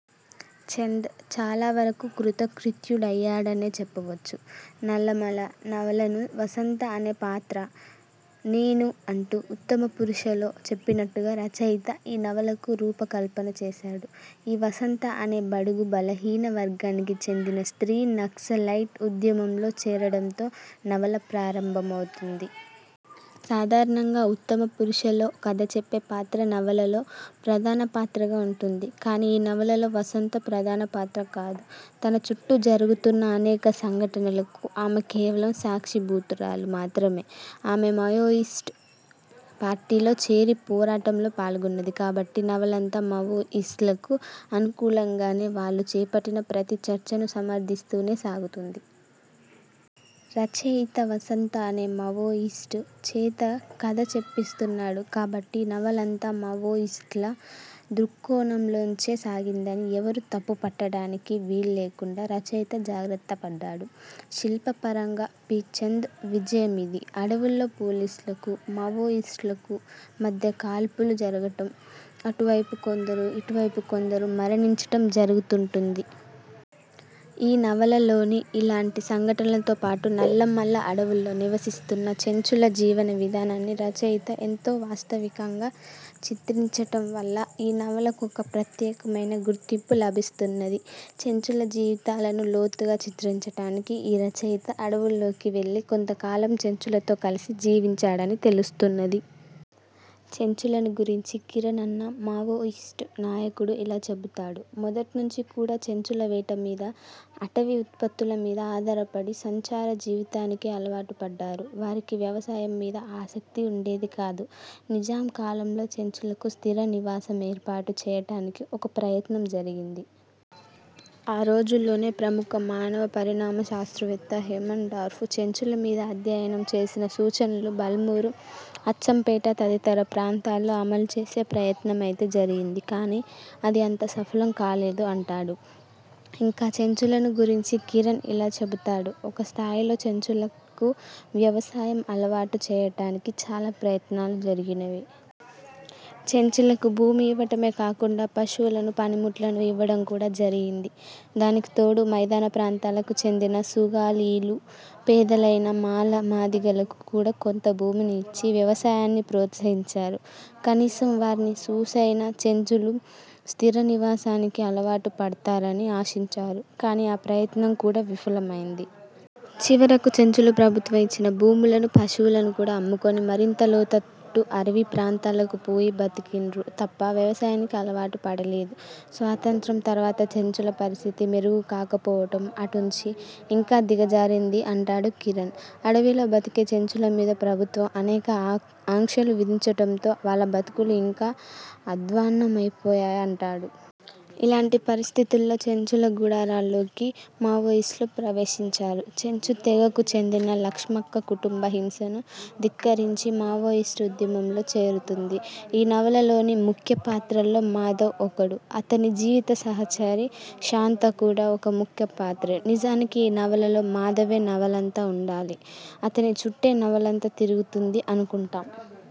చంద్ చాలా వరకు కృతకృత్యుడయ్యాడనే చెప్పవచ్చు. 'నల్లమల' నవలను వసంత అనే పాత్ర 'నేనూ' అంటూ ఉత్తమ పురుషలో చెప్పినట్టుగా రచయిత ఈ నవలకు రూపకల్పన చేశాడు. ఈ వసంత అనే బడుగు బలహీన వర్గానికి చెందిన స్త్రీ నక్సలైట్ ఉద్యమంలో చేరడంతో నవల ప్రారంభమౌతుంది. సాధారణంగా ఉత్తమపురుషలో కథచెప్పే పాత్ర నవలలో ప్రధానపాత్రగా ఉంటుంది. కానీ ఈ నవలలో వసంత ప్రధానపాత్ర కాదు. తన చుట్టూ జరుగుతున్న అనేక సంఘటనలకు ఆమె కేవలం సాక్షీభూతురాలు మాత్రమే. ఆమె మావోయిస్టు పార్టీలో చేరి పోరాటంలో పాల్గొన్నది కాబట్టి నవలంతా మావోయిస్టులకు అనుకూలంగానే, వాళ్లు చేపట్టిన ప్రతి చర్చను సమర్థిస్తూనే సాగుతుంది. రచయిత వసంత అనే మావోయిస్టు చేత కథ చెప్పిస్తున్నాడు కాబట్టి నవలంతా మావోయిస్టుల దృక్కోణంలోంచే సాగిందని ఎవరూ తప్పుపట్టటానికి వీల్లేకుండా రచయిత జాగ్రత్త పడ్డాడు. శిల్పపరంగా పి. చంద్ విజయమిది. అడవుల్లో పోలీసులకు, మావోయిస్టులకు మధ్య కాల్పులు జరగటం, అటువైపు కొందరు, ఇటువైపు కొందరు మరణించటం జరుగుతుం టుంది. ఈ నవలలోని ఇలాంటి సంఘటనలతో పాటు నల్లమల అడవుల్లో నివసిస్తున్న చెంచుల జీవన విధానాన్ని రచయిత ఎంతో వాస్తవికంగా చిత్రించటంవల్ల ఈ నవలకొక ప్రత్యేకమైన గుర్తింపు లభిస్తున్నది. చెంచుల జీవితాలను లోతుగా చిత్రించటానికి ఈ రచయిత అడవుల్లోకి వెళ్లి కొంతకాలం చెంచులతో కలిసి జీవించాడని తెలుస్తున్నది. చెంచులను గురించి కిరణ్ అన్న మావోయిస్టు నాయకుడు ఇలా చెబుతాడు: ''మొదట్నించి కూడా చెంచులు వేట మీద, అటవీ ఉత్పత్తుల మీద ఆధారపడి సంచార జీవితానికే అలవాటు పడ్డారు. వారికి వ్యవసాయం మీద ఆసక్తి ఉండేది కాదు. నిజాం కాలంలో చెంచులకు స్థిర నివాసం ఏర్పాటు చెయ్యటానికి ఒక ప్రయత్నం జరిగింది. ఆరోజుల్లోనే ప్రముఖ మానవ పరిణామ శాస్త్రవేత్త హేమన్ డార్ఫు చెంచుల మీద అధ్యయనం చేసిన సూచనలను బల్మూరు, అచ్చంపేట తదితర ప్రాంతాల్లో అమలు చేసే ప్రయత్నమైతే జరిగింది కాని అది అంత సఫలం కాలేదు'' అంటాడు. ఇంకా చెంచులను గురించి కిరణ్ ఇలా చెబుతాడు:''ఒక స్థాయిలో చెంచులకు వ్యవసాయం అలవాటు చెయ్యటానికి చాలా ప్రయత్నాలు జరిగినవి. చెంచులకు భూమి ఇవ్వటమే కాకుండా పశువులను, పనిముట్లను ఇవ్వడం కూడా జరిగింది. దానికి తోడు మైదాన ప్రాంతాలకు చెందిన సుగాలీలు, పేదలైన మాలమాదిగలకు కూడా కొంత భూమిని ఇచ్చి వ్యవసాయాన్ని ప్రోత్సహించారు. కనీసం వారిని చూసైనా చెంచులు స్థిరనివాసానికి అలవాటు పడ్తారని ఆశించారు. కానీ ఆ ప్రయత్నం కూడా విఫలమైంది. చివరకు చెంచులు ప్రభుత్వం ఇచ్చిన భూములను, పశువులను కూడా అమ్ముకొని మరింత లోతట్టు అడివి ప్రాంతాలకు పోయి బతికిండ్రు తప్ప వ్యవసాయానికి అలవాటు పడలేదు''. స్వాతంత్య్రం తర్వాత చెంచుల పరిస్థితి మెరుగు కాకపోవటం అటుంచి ఇంకా దిగజారింది అంటాడు కిరణ్. అడవిలో బతికే చెంచుల మీద ప్రభుత్వం అనేక ఆంక్షలు విధించటంతో వాళ్ళ బతుకులు ఇంకా అధ్వాన్నమైపోయాయంటాడు. ఇలాంటి పరిస్థితుల్లో చెంచుల గుడారాల్లోకి మావోయిస్టులు ప్రవేశించారు. చెంచు తెగకు చెందిన లక్ష్మక్క కుటుంబ హింసను ధిక్కరించి మావోయిస్టు ఉద్యమంలో చేరుతుంది. ఈ నవలలోని ముఖ్య పాత్రల్లో మాధవ్ ఒకడు. అతని జీవిత సహచరి శాంత కూడా ఒక ముఖ్య పాత్రే. నిజానికి ఈ నవలలో మాధవే నవలంతా ఉండాలి, అతని చుట్టే నవలంతా తిరుగుతుంది అనుకుంటాం.